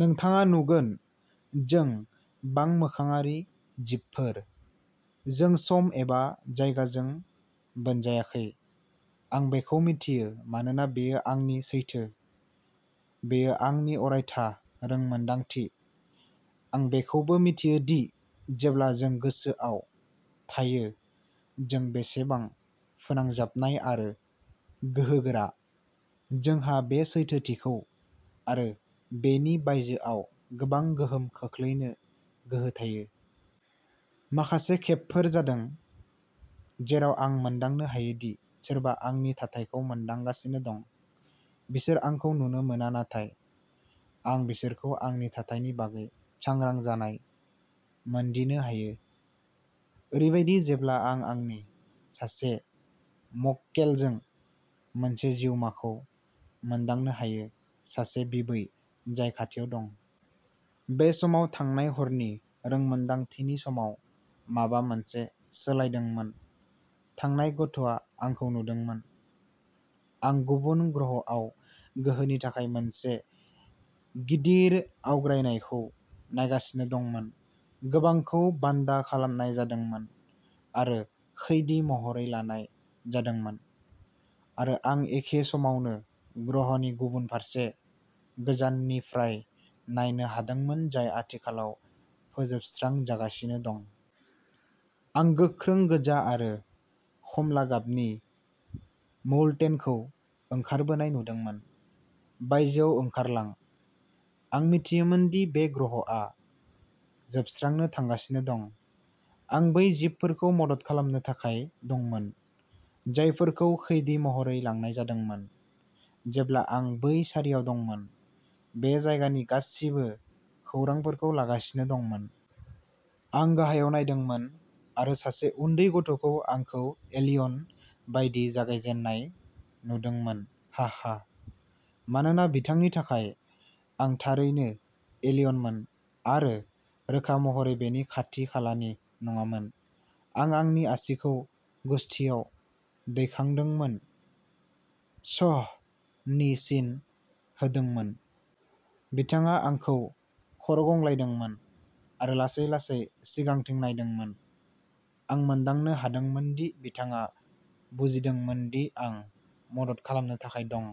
नोंथाङा नुगोन जों बांमोखाङारि जिबफोर, जों सम एबा जायगाजों बोनजायाखै। आं बेखौ मिथियो मानोना बेयो आंनि सैथो, बेयो आंनि अरायथा रोंमोनदांथि। आं बेखौबो मिथियो दि जेब्ला जों गोसोआव थायो जों बेसेबां फोनांजाबनाय आरो गोहोगोरा, जोंहा बे सैथोथिखौ आरो बेनि बायजोआव गोबां गोहोम खोख्लैनो गोहो थायो। माखासे खेबफोर जादों जेराव आं मोनदांनो हायो दि सोरबा आंनि थाथायखौ मोनदांगासिनो दं। बिसोरो आंखौ नुनो मोना नाथाय आं बिसोरखौ आंनि थाथायनि बागै सांग्रां जानाय मोनदिनो हायो। ओरैबायदि जेब्ला आं आंनि सासे मक्केलजों मोनसे जिउमाखौ मोनदांनो हायो, सासे बिबै जाय खाथियाव दं। बे समाव थांनाय हरनि रोंमोनदांथिनि समाव माबा मोनसे सोलायदोंमोन-थांनाय गथ'आ आंखौ नुदोंमोन। आं गुबुन ग्रहआव गोहोनि थाखाय मोनसे गिदिर आवग्रायनायखौ नायगासिनो दंमोन। गोबांखौ बान्दा खालामनाय जादोंमोन आरो खैदि महरै लानाय जादोंमोन, आरो आं एखे समावनो ग्रह'नि गुबुन फारसेखौ गोजाननिफ्राय नायनो हादोंमोन जाय आथिखालाव फोजोबस्रांजागासिनो दं। आं गोख्रों गोजा आरो खमला गाबनि मौल्टेनखौ ओंखारबोनाय नुदोंमोन। बायजोआव ओंखारलां। आं मिथियोमोन दि बे ग्रहआ जोबस्रांनो थांगासिनो दं। आं बै जिबफोरखौ मदद खालामनो थाखाय दंमोन, जायफोरखौ खैदि महरै लांनाय जादोंमोन। जेब्ला आं बै सारियाव दंमोन, बे जायगानि गासिबो खौरांफोरखौ लागासिनो दंमोन। आं गाहायाव नायदोंमोन आरो सासे उन्दै गथ'खौ आंखौ एलियन बायदि जागायजेननाय नुदोंमोन, हाहा। मानोना बिथांनि थाखाय, आं थारैनो एलियनमोन आरो रोखा महरै बेनि खाथि-खालानि नङामोन। आं आंनि आसिखौ गुसथिआव दैखांदोंमोन, "श्ह" नि सिन होदोंमोन। बिथाङा आंखौ खर'गंग्लायदोंमोन आरो लासै-लासै सिगांथिं नायदोंमोन। आं मोनदांनो हादोंमोन दि बिथाङा बुजिदोंमोन दि आं मदद खालामनो थाखाय दं।